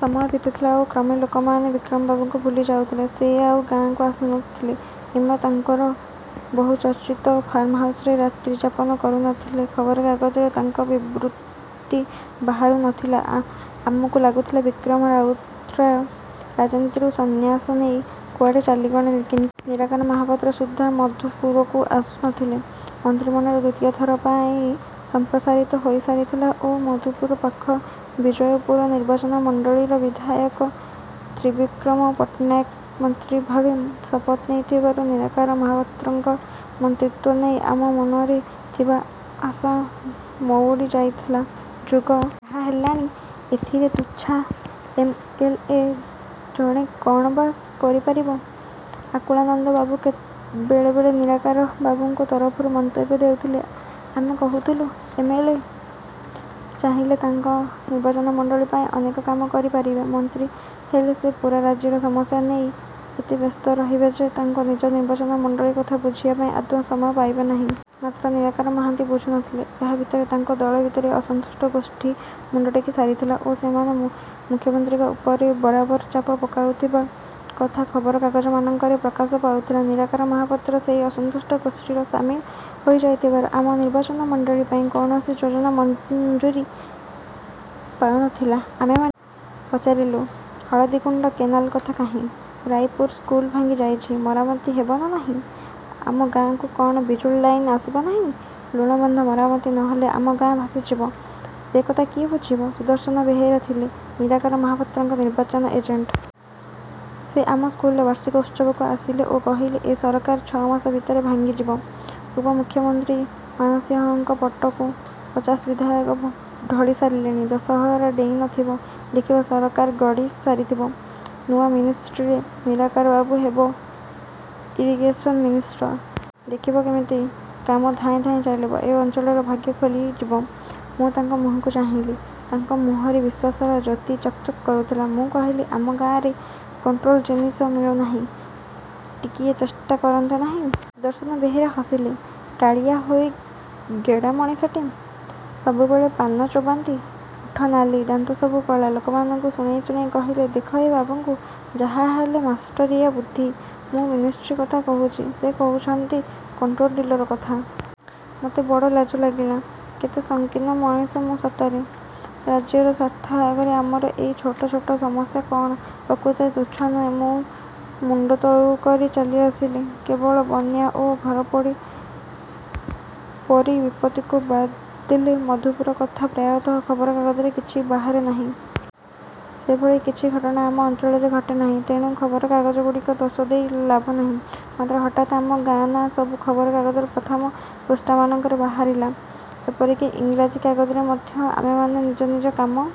ସମୟ ବିତୁଥିଲା ଓ କ୍ରମେ ଲୋକମାନେ ବିକ୍ରମବାବୁଙ୍କୁ ଭୁଲି ଯାଉଥିଲେ। ସେ ଆଉ ଗାଁକୁ ଆସୁ ନଥିଲେ କିମ୍ବା ତାଙ୍କର ବହୁଚର୍ଚ୍ଚିତ 'ଫାର୍ମହାଉସ୍'ରେ ରାତ୍ରିଯାପନ କରୁ ନଥିଲେ। ଖବରକାଗଜରେ ତାଙ୍କ ବିବୃତି ବାହାରୁ ନଥିଲା। ଆମକୁ ଲାଗୁଥିଲା ବିକ୍ରମ ରାଉତରାୟ ରାଜନୀତିରୁ ସନ୍ନ୍ୟାସ ନେଇ କୁଆଡ଼େ ଚାଲିଗଲେଣି। କିନ୍ତୁ ନିରାକାର ମହାପାତ୍ର ସୁଦ୍ଧା ମଧୁପୁରକୁ ଆସୁ ନଥିଲେ। ମନ୍ତ୍ରୀମଣ୍ଡଳ ଦ୍ୱିତୀୟ ଥର ପାଇଁ ସମ୍ପ୍ରସାରିତ ହୋଇସାରିଥିଲା ଓ ମଧୁପୁର ପାଖ ବିଜୟପୁର ନିର୍ବାଚନ ମଣ୍ଡଳୀର ବିଧାୟକ ତ୍ରିବିକ୍ରମ ପଟ୍ଟନାୟକ ମନ୍ତ୍ରୀ ଭାବେ ଶପଥ ନେଇଥିବାରୁ ନିରାକାର ମହାପାତ୍ରଙ୍କ ମନ୍ତ୍ରୀତ୍ୱ ନେଇ ଆମ ମନରେ ଥିବା ଆଶା ମଉଳି ଯାଇଥିଲା।"ଯୁଗ ଯାହା ହେଲାଣି, ଏଥିରେ ତୁଚ୍ଛା ଏମ୍.ଏଲ୍.ଏ. ଜଣେ କ'ଣ ବା କରି ପାରିବ?" ଆକୁଳାନନ୍ଦ ବାବୁ ବେଳେବେଳେ ନିରାକାର ବାବୁଙ୍କ ତରଫରୁ ମନ୍ତବ୍ୟ ଦେଉଥିଲେ। ଆମେ କହୁଥିଲୁ, "ଏମ୍.ଏଲ୍.ଏ. ଚାହିଁଲେ ତାଙ୍କ ନିର୍ବାଚନ ମଣ୍ଡଳୀ ପାଇଁ ଅନେକ କାମ କରି ପାରିବେ। ମନ୍ତ୍ରୀ ହେଲେ ସେ ପୂରା ରାଜ୍ୟର ସମସ୍ୟା ନେଇ ଏତେ ବ୍ୟସ୍ତ ରହିବେ ଯେ ତାଙ୍କ ନିଜ ନିର୍ବାଚନ ମଣ୍ଡଳୀ କଥା ବୁଝିବା ପାଇଁ ଆଦୌ ସମୟ ପାଇବେ ନାହିଁ।" ମାତ୍ର ନିରାକାର ମହାପାତ୍ର ବୁଝୁ ନଥିଲେ। ଏହା ଭିତରେ ତାଙ୍କ ଦଳ ଭିତରେ ଅସନ୍ତୁଷ୍ଟ ଗୋଷ୍ଠୀ ମୁଣ୍ଡ ଟେକି ସାରିଥିଲା ଓ ସେମାନେ ମୁଖ୍ୟମନ୍ତ୍ରୀଙ୍କ ଉପରେ ବରାବର ଚାପ ପକାଉଥିବା କଥା ଖବରକାଗଜମାନଙ୍କରେ ପ୍ରକାଶ ପାଉଥିଲା। ନିରାକାର ମହାପାତ୍ର ସେଇ ଅସନ୍ତୁଷ୍ଟ ଗୋଷ୍ଠୀର ସାମିଲ ହୋଇଯାଇଥିବାରୁ ଆମ ନିର୍ବାଚନ ମଣ୍ଡଳୀ ପାଇଁ କୌଣସି ଯୋଜନା ମଞ୍ଜୁରି ପାଉ ନଥିଲା। ଆମେମାନେ ପଚାରିଲୁ, "ହଳଦୀଗୁଣ୍ଡ କେନାଲ କଥା କାହିଁ?""ରାଇପୁର ସ୍କୁଲ ଭାଙ୍ଗି ଯାଇଛି। ମରାମତି ହେବ ନା ନାହିଁ?""ଆମ ଗାଁକୁ କ'ଣ ବିଜୁଳି ଲାଇନ୍ ଆସିବ ନାହିଁ?" "ଲୁଣାବନ୍ଧ ମରାମତି ନହେଲେ ଆମ ଗାଁ ଭାସି ଯିବ। ସେକଥା କିଏ ବୁଝିବ?"ସୁଦର୍ଶନ ବେହେରା ଥିଲେ ନିରାକାର ମହାପାତ୍ରଙ୍କ ନିର୍ବାଚନ ଏଜେଣ୍ଟ୍। ସେ ଆମ ସ୍କୁଲର ବାର୍ଷିକ ଉତ୍ସବକୁ ଆସିଲେ ଓ କହିଲେ, "ଏ ସରକାର ଛଅ ମାସ ଭିତରେ ଭାଙ୍ଗି ଯିବ। ଉପମୁଖ୍ୟମନ୍ତ୍ରୀ ମାନସିଂହଙ୍କ ପଟକୁ ପଚାଶ ବିଧାୟକ ଢଳି ସାରିଲେଣି। ଦଶହରା ଡେଇଁ ନଥିବ, ଦେଖିବ ସରକାର ଗଡ଼ିସାରିଥିବ। ନୂଆ 'ମିନିଷ୍ଟ୍ରୀ'ରେ ନିରାକାର ବାବୁ ହେବ ଇରିଗେସନ୍ ମିନିଷ୍ଟର। ଦେଖିବେ, କେମିତି କାମ ଧାଏଁ ଧାଏଁ ଚାଲିବ। ଏ ଅଞ୍ଚଳର ଭାଗ୍ୟ ଖୋଲି ଯିବ।" ମୁଁ ତାଙ୍କ ମୁହଁକୁ ଚାହିଁଲି। ତାଙ୍କ ମୁହଁରେ ବିଶ୍ୱାସର ଜ୍ୟୋତି ଚକ୍ ଚକ୍ କରୁଥିଲା। ମୁଁ କହିଲି, "ଆମ ଗାଁରେ କଣ୍ଟ୍ରୋଲ ଜିନିଷ ମିଳୁନାହିଁ, ଟିକିଏ ଚେଷ୍ଟା କରନ୍ତେ ନାହିଁ?" ସୁଦର୍ଶନ ବେହେରା ହସିଲେ। କାଳିଆ ହୋଇ ଗେଡ଼ା ମଣିଷଟେ। ସବୁବେଳେ ପାନ ଚୋବାନ୍ତି। ଓଠ ନାଲି, ଦାନ୍ତ ସବୁ କଳା। ଲୋକମାନଙ୍କୁ ଶୁଣେଇ ଶୁଣେଇ କହିଲେ, "ଦେଖ ଏ ବାବୁଙ୍କୁ, ଯାହା ହେଲେ ମାଷ୍ଟରିଆ ବୁଦ୍ଧି! ମୁଁ ମିନିଷ୍ଟ୍ରୀ କଥା କହୁଛି, ସେ କହୁଛନ୍ତି କଣ୍ଟ୍ରୋଲ ଡିଲର କଥା!" ମୋତେ ବଡ଼ ଲାଜ ଲାଗିଲା। କେତେ ସଂକୀର୍ଣ୍ଣ ମଣିଷ ମୁଁ ସତରେ! ରାଜ୍ୟର ସ୍ୱାର୍ଥ ଆଗରେ ଆମର ଏଇ ଛୋଟ ଛୋଟ ସମସ୍ୟା କ'ଣ ପ୍ରକୃତରେ ତୁଚ୍ଛ ନୁହେଁ! ମୁଁ ମୁଣ୍ଡ ତଳକୁ କରି ଚାଲି ଆସିଲି। କେବଳ ବନ୍ୟା ଓ ଘରପୋଡ଼ି ପରି ବିପତ୍ତିକୁ ବାଦ୍ ଦେଲେ ମଧୁପୁର କଥା ପ୍ରାୟତଃ ଖବରକାଗଜରେ କିଛି ବାହାରେ ନାହିଁ। ସେଭଳି କିଛି ଘଟଣା ଆମ ଅଞ୍ଚଳରେ ଘଟେ ନାହିଁ, ତେଣୁ ଖବରକାଗଜଗୁଡ଼ିକ ଦୋଷ ଦେଇ ଲାଭ ନାହିଁ। ମାତ୍ର ହଠାତ୍ ଆମ ଗାଁ ନାଁ ସବୁ ଖବରକାଗଜରେ ପ୍ରଥମ ପୃଷ୍ଠାମାନଙ୍କରେ ବାହାରିଲା, ଏପରିକି ଇଂରାଜୀ କାଗଜରେ ମଧ୍ୟ। ଆମେମାନେ ନିଜ ନିଜ କାମ...